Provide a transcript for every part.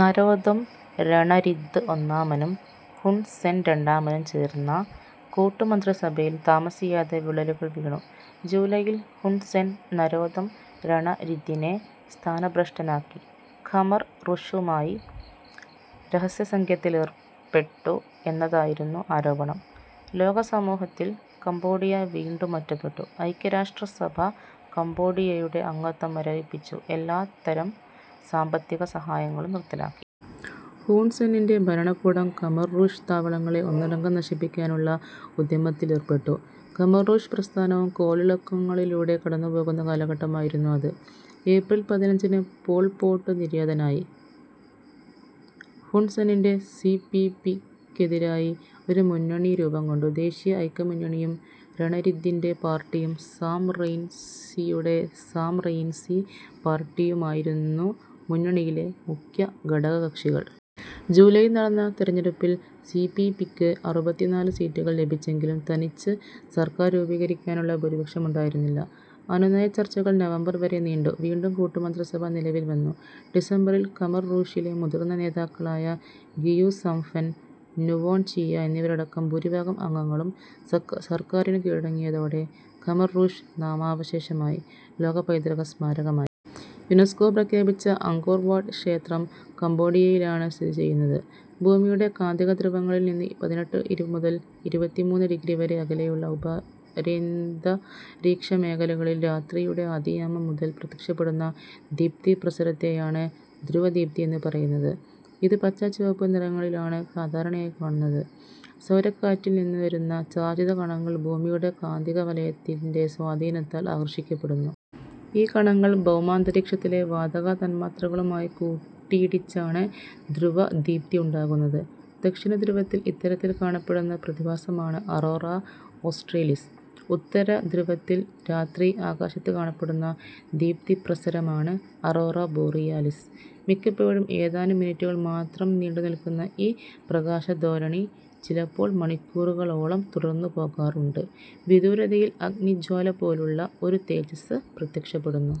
Norodom Ranariddh ഒന്നാമനും Hun Sen രണ്ടാമനും ചേർന്ന കൂട്ടുമന്ത്രിസഭയിൽ താമസിയാതെ വിള്ളലുകൾ വീണു. ജൂലൈയിൽ ഹുൺ സെൻ നരോദം രണരിദ്ധിനെ സ്ഥാനഭ്രഷ്ടനാക്കി. ഖമർ റൂഷുമായി രഹസ്യസഖ്യത്തിലേർപ്പെട്ടു എന്നതായിരുന്നു ആരോപണം. ലോകസമൂഹത്തിൽ കംബോഡിയ വീണ്ടും ഒറ്റപ്പെട്ടു. ഐക്യരാഷ്ട്രസഭ കംബോഡിയയുടെ അംഗത്വം മരവിപ്പിച്ചു. എല്ലാത്തരം സാമ്പത്തിക സഹായങ്ങളും നിർത്തലാക്കി. ഹുൺ സെന്നിൻ്റെ ഭരണകൂടം ഖമർ റൂഷ് താവളങ്ങളെ ഒന്നടങ്കം നശിപ്പിക്കാനുള്ള ഉദ്യമത്തിലേർപ്പെട്ടു. ഖമർ റൂഷ് പ്രസ്ഥാനവും കോളിളക്കങ്ങളിലൂടെ കടന്നുപോകുന്ന കാലഘട്ടമായിരുന്നു അത്. ഏപ്രിൽ പതിനഞ്ചിന് പോൾ പോട്ട് നിര്യാതനായി. ഹുൺ സെന്നിൻ്റെ സി പി പി ക്കെതിരായി ഒരു മുന്നണി രൂപം കൊണ്ടു. ദേശീയ ഐക്യമുന്നണിയും രണരിദ്ധിൻ്റെ പാർട്ടിയും സാം റെയ്ൻസിയുടെ സാം റെയിൻസി പാർട്ടിയുമായിരുന്നു മുന്നണിയിലെ മുഖ്യ ഘടകകക്ഷികൾ. ജൂലൈയിൽ നടന്ന തെരഞ്ഞെടുപ്പിൽ സി പി പി ക്ക് അറുപത്തിനാല് സീറ്റുകൾ ലഭിച്ചെങ്കിലും തനിച്ച് സർക്കാർ രൂപീകരിക്കാനുള്ള ഭൂരിപക്ഷമുണ്ടായിരുന്നില്ല. അനുനയ ചർച്ചകൾ നവംബർ വരെ നീണ്ടു. വീണ്ടും കൂട്ടുമന്ത്രിസഭ നിലവിൽ വന്നു. ഡിസംബറിൽ ഖമർ റൂഷിലെ മുതിർന്ന നേതാക്കളായ ഖിയു സംഫൻ, നുവോൺ ചീയ എന്നിവരടക്കം ഭൂരിഭാഗം അംഗങ്ങളും സർക്കാറിനു കീഴടങ്ങിയതോടെ ഖമർ റൂഷ് നാമാവശേഷമായി. ലോകപൈതൃകസ്മാരകമായി യുനെസ്കോ പ്രഖ്യാപിച്ച അങ്കോർ വാട്ട് ക്ഷേത്രം കംബോഡിയയിലാണ് സ്ഥിതി ചെയ്യുന്നത്. ഭൂമിയുടെ കാന്തികധ്രുവങ്ങളിൽ നിന്ന് പതിനെട്ട് മുതൽ ഇരുപത്തിമൂന്ന് ഡിഗ്രി വരെ അകലെയുള്ള ഉപര്യന്തരീക്ഷമേഖലകളിൽ രാത്രിയുടെ ആദ്യയാമം മുതൽ പ്രത്യക്ഷപ്പെടുന്ന ദീപ്തിപ്രസരത്തെയാണ് ധ്രുവദീപ്തി എന്ന് പറയുന്നത്. ഇത് പച്ച, ചുവപ്പ് നിറങ്ങളിലാണ് സാധാരണയായി കാണുന്നത്. സൗരക്കാറ്റിൽ നിന്ന് വരുന്ന ചാർജിത കണങ്ങൾ ഭൂമിയുടെ കാന്തികവലയത്തിൻ്റെ സ്വാധീനത്താൽ ആകർഷിക്കപ്പെടുന്നു. ഈ കണങ്ങൾ ഭൗമാന്തരീക്ഷത്തിലെ വാതക തന്മാത്രകളുമായി കൂട്ടിയിടിച്ചാണ് ധ്രുവദീപ്തി ഉണ്ടാകുന്നത്. ദക്ഷിണധ്രുവത്തിൽ ഇത്തരത്തിൽ കാണപ്പെടുന്ന പ്രതിഭാസമാണ് അറോറ ഓസ്ട്രേലിസ്. ഉത്തരധ്രുവത്തിൽ രാത്രി ആകാശത്ത് കാണപ്പെടുന്ന ദീപ്തിപ്രസരമാണ് അറോറ ബോറിയാലിസ്. മിക്കപ്പോഴും ഏതാനും മിനിറ്റുകൾ മാത്രം നീണ്ടുനിൽക്കുന്ന ഈ പ്രകാശധോരണി ചിലപ്പോൾ മണിക്കൂറുകളോളം തുടർന്നുപോകാറുണ്ട്. വിദൂരതയിൽ അഗ്നിജ്വാലപോലുള്ള ഒരു തേജസ്സ് പ്രത്യക്ഷപ്പെടുന്നു.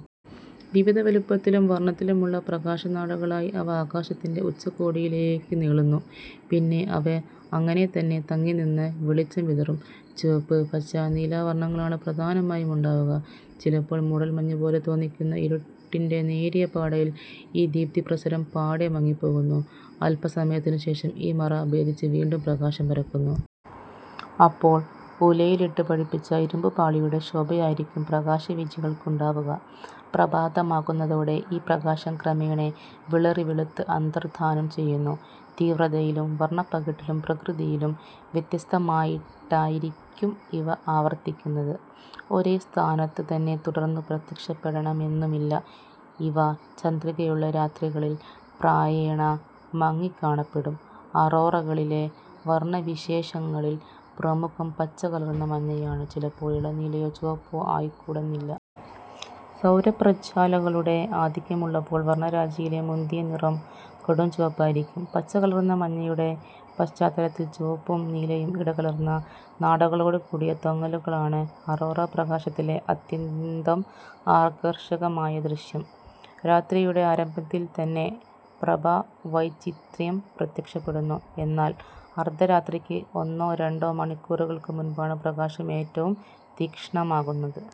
വിവിധ വലുപ്പത്തിലും വർണത്തിലുമുള്ള പ്രകാശനാടകളായി അവ ആകാശത്തിൻ്റെ ഉച്ചകോടിയിലേക്കു നീളുന്നു. പിന്നെ അവ അങ്ങനെതന്നെ തങ്ങിനിന്ന് വെളിച്ചം വിതറും. ചുവപ്പ്, പച്ച, നീല വർണങ്ങളാണ് പ്രധാനമായും ഉണ്ടാവുക. ചിലപ്പോൾ മൂടൽമഞ്ഞുപോലെ തോന്നിക്കുന്ന ഇരുട്ടിൻ്റെ നേരിയ പാടയിൽ ഈ ദീപ്തിപ്രസരം പാടെ മങ്ങിപ്പോകുന്നു. അല്പസമയത്തിനുശേഷം ഈ മറ ഭേദിച്ച് വീണ്ടും പ്രകാശം പരക്കുന്നു. അപ്പോൾ ഉലയിലിട്ട് പഴുപ്പിച്ച ഇരുമ്പുപാളിയുടെ ശോഭയായിരിക്കും പ്രകാശവീചികൾക്കുണ്ടാവുക. പ്രഭാതമാകുന്നതോടെ ഈ പ്രകാശം ക്രമേണ വിളറിവെളുത്ത് അന്തർധാനം ചെയ്യുന്നു. തീവ്രതയിലും വർണപ്പകിട്ടിലും പ്രകൃതിയിലും വ്യത്യസ്തമായിട്ടായിരിക്കും ഇവ ആവർത്തിക്കുന്നത്. ഒരേ സ്ഥാനത്തുതന്നെ തുടർന്നു പ്രത്യക്ഷപ്പെടണമെന്നുമില്ല. ഇവ ചന്ദ്രികയുള്ള രാത്രികളിൽ പ്രായേണ മങ്ങിക്കാണപ്പെടും. അറോറകളിലെ വർണവിശേഷങ്ങളിൽ പ്രമുഖം പച്ചകലർന്ന മഞ്ഞയാണ്. ചിലപ്പോൾ ഇളം നീലയോ ചുവപ്പോ ആയിക്കൂടെന്നില്ല. സൗരപ്രജ്ജ്വാലകളുടെ ആധിക്യമുള്ളപ്പോൾ വർണരാജിയിലെ മുന്തിയ നിറം കടുംചുവപ്പായിരിക്കും. പച്ചകലർന്ന മഞ്ഞയുടെ പശ്ചാത്തലത്തിൽ ചുവപ്പും നീലയും ഇടകലർന്ന നാടകളോടുകൂടിയ തൊങ്ങലുകളാണ് അറോറാപ്രകാശത്തിലെ അത്യന്തം ആകർഷകമായ ദൃശ്യം. രാത്രിയുടെ ആരംഭത്തിൽത്തന്നെ പ്രഭാവൈചിത്ര്യം പ്രത്യക്ഷപ്പെടുന്നു. എന്നാൽ അർധരാത്രിക്ക് ഒന്നോ രണ്ടോ മണിക്കൂറുകൾക്കു മുൻപാണ് പ്രകാശം ഏറ്റവും തീക്ഷ്ണമാകുന്നത്.